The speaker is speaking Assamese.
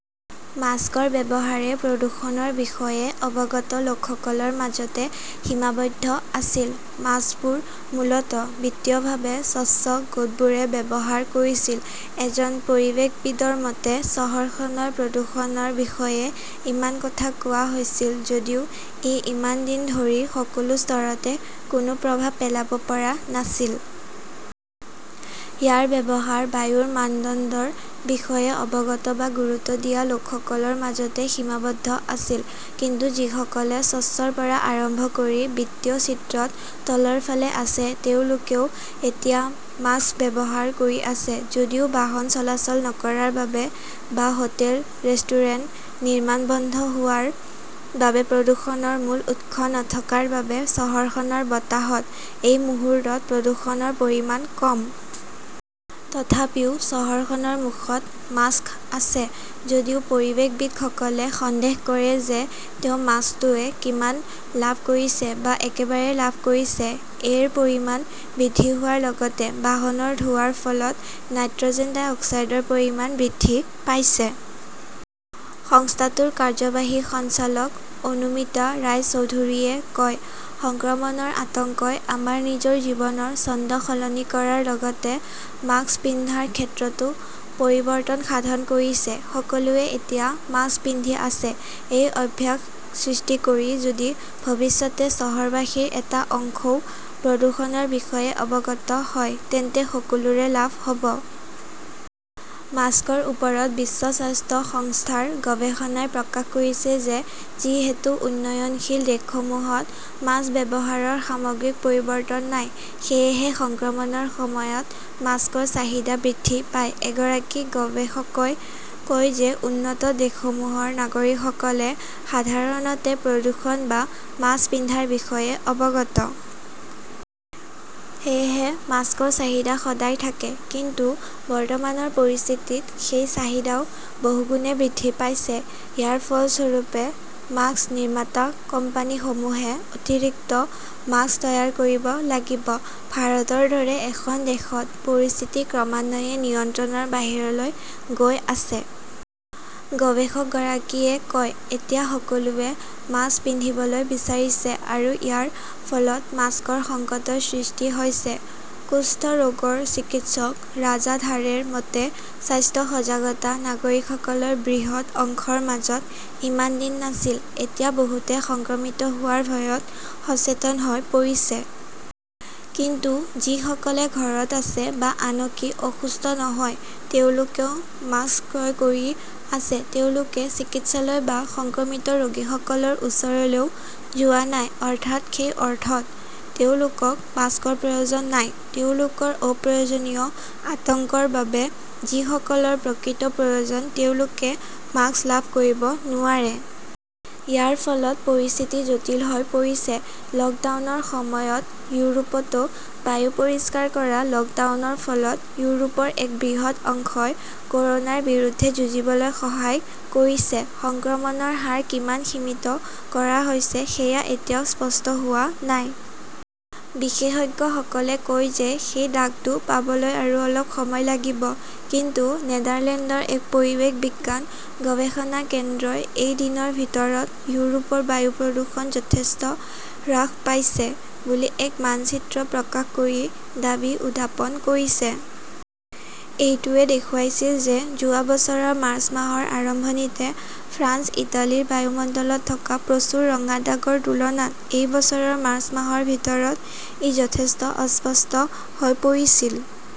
মাস্কৰ ব্যৱহাৰে প্ৰদূষণৰ বিষয়ে অৱগত লোকসকলৰ মাজতে সীমাবদ্ধ আছিল। মাস্কবোৰ মূলতঃ বিত্তীয়ভাৱে স্বচ্ছ গোটবোৰে ব্যৱহাৰ কৰিছিল। এজন পৰিৱেশবিদৰ মতে, চহৰখনৰ প্ৰদূষণৰ বিষয়ে ইমান কথা কোৱা হৈছিল যদিও ই ইমান দিন ধৰি সকলো স্তৰতে কোনো প্ৰভাৱ পেলাব পৰা নাছিল। ইয়াৰ ব্যৱহাৰ বায়ুৰ মানদণ্ডৰ বিষয়ে অৱগত বা গুৰুত্ব দিয়া লোকসকলৰ মাজতে সীমাবদ্ধ আছিল। কিন্তু যিসকলে স্বচ্ছৰ পৰা আৰম্ভ কৰি বিত্তীয় চিত্ৰত তলৰ ফালে আছে, তেওঁলোকেও এতিয়া মাস্ক ব্যৱহাৰ কৰি আছে। যদিও বাহন চলাচল নকৰাৰ বাবে বা হোটেল-ৰেষ্টুৰেণ্ট, নিৰ্মাণ বন্ধ হোৱাৰ বাবে প্ৰদূষণৰ মূল উৎস নথকাৰ বাবে চহৰখনৰ বতাহত এই মুহূৰ্তত প্ৰদূষণৰ পৰিমাণ কম। তথাপিও চহৰখনৰ মুখত মাস্ক আছে। যদিও পৰিৱেশবিদসকলে সন্দেহ কৰে যে তেওঁ মাস্কটোৱে কিমান লাভ কৰিছে বা একেবাৰে লাভ কৰিছে। -এৰ পৰিমাণ বৃদ্ধি হোৱাৰ লগতে বাহনৰ ধোঁৱাৰ ফলত নাইট্ৰজেন ডাই অক্সাইডৰ পৰিমাণ বৃদ্ধি পাইছে। সংস্থাটোৰ কাৰ্যবাহী সঞ্চালক অনুমিতা ৰায়চৌধৰীয়ে কয়, সংক্ৰমণৰ আতংকই আমাৰ নিজৰ জীৱনৰ ছন্দ সলনি কৰাৰ লগতে মাস্ক পিন্ধাৰ ক্ষেত্ৰতো পৰিৱৰ্তন সাধন কৰিছে। সকলোৱে এতিয়া মাস্ক পিন্ধি আছে। এই অভ্যাস সৃষ্টি কৰি যদি ভৱিষ্যতে চহৰবাসীৰ এটা অংশও প্ৰদূষণৰ বিষয়ে অৱগত হয়, তেন্তে সকলোৰে লাভ হ 'ব। মাস্কৰ ওপৰত বিশ্ব স্বাস্থ্য সংস্থাৰ গৱেষণাই প্ৰকাশ কৰিছে যে যিহেতু উন্নয়নশীল দেশসমূহত মাস্ক ব্যৱহাৰৰ সামগ্ৰিক পৰিৱৰ্তন নাই, সেয়েহে সংক্ৰমণৰ সময়ত মাস্কৰ চাহিদা বৃদ্ধি পায়। এগৰাকী গৱেষকই কয় যে উন্নত দেশসমূহৰ নাগৰিকসকলে সাধাৰণতে প্ৰদূষণ বা মাস্ক পিন্ধাৰ বিষয়ে অৱগত। সেয়েহে মাস্কৰ চাহিদা সদায় থাকে। কিন্তু বৰ্তমানৰ পৰিস্থিতিত সেই চাহিদাও বহুগুণে বৃদ্ধি পাইছে। ইয়াৰ ফলস্বৰূপে মাস্ক নিৰ্মাতা কোম্পানীসমূহে অতিৰিক্ত মাস্ক তৈয়াৰ কৰিব লাগিব। ভাৰতৰ দৰে এখন দেশত পৰিস্থিতি ক্ৰমান্বয়ে নিয়ন্ত্ৰণৰ বাহিৰলৈ গৈ আছে। গৱেষকগৰাকীয়ে কয়, এতিয়া সকলোৱে মাস্ক পিন্ধিবলৈ বিচাৰিছে আৰু ইয়াৰ ফলত মাস্কৰ সংকটৰ সৃষ্টি হৈছে। কুষ্ঠ ৰোগৰ চিকিৎসক ৰাজা ধাৰেৰ মতে, স্বাস্থ্য সজাগতা নাগৰিকসকলৰ বৃহৎ অংশৰ মাজত ইমান দিন নাছিল। এতিয়া বহুতে সংক্ৰমিত হোৱাৰ ভয়ত সচেতন হৈ পৰিছে। কিন্তু যিসকলে ঘৰত আছে বা আনকি অসুস্থ নহয় তেওঁলোকেও মাস্ক ক্ৰয় কৰি আছে। তেওঁলোকে চিকিৎসালয় বা সংক্ৰমিত ৰোগীসকলৰ ওচৰলৈও যোৱা নাই। অৰ্থাৎ সেই অৰ্থত তেওঁলোকক মাস্কৰ প্ৰয়োজন নাই। তেওঁলোকৰ অপ্ৰয়োজনীয় আতংকৰ বাবে যিসকলৰ প্ৰকৃত প্ৰয়োজন তেওঁলোকে মাস্ক লাভ কৰিব নোৱাৰে। ইয়াৰ ফলত পৰিস্থিতি জটিল হৈ পৰিছে। লকডাউনৰ সময়ত ইউৰোপতো বায়ু পৰিষ্কাৰ কৰা লকডাউনৰ ফলত ইউৰোপৰ এক বৃহৎ অংশই কৰোনাৰ বিৰুদ্ধে যুঁজিবলৈ সহায় কৰিছে। সংক্ৰমণৰ হাৰ কিমান সীমিত কৰা হৈছে সেয়া এতিয়াও স্পষ্ট হোৱা নাই। বিশেষজ্ঞসকলে কয় যে সেই দাগটো পাবলৈ আৰু অলপ সময় লাগিব। কিন্তু নেদাৰলেণ্ডৰ এক পৰিৱেশ বিজ্ঞান গৱেষণা কেন্দ্ৰই এই দিনৰ ভিতৰত ইউৰোপৰ বায়ু প্ৰদূষণ যথেষ্ট হ্ৰাস পাইছে বুলি এক মানচিত্ৰ প্ৰকাশ কৰি দাবী উত্থাপন কৰিছে। এইটোৱে দেখুৱাইছিল যে যোৱা বছৰৰ মাৰ্চ মাহৰ আৰম্ভণিতে ফ্ৰান্স-ইটালীৰ বায়ুমণ্ডলত থকা প্ৰচুৰ ৰঙা দাগৰ তুলনাত এই বছৰৰ মাৰ্চ মাহৰ ভিতৰত ই যথেষ্ট অস্পষ্ট হৈ পৰিছিল।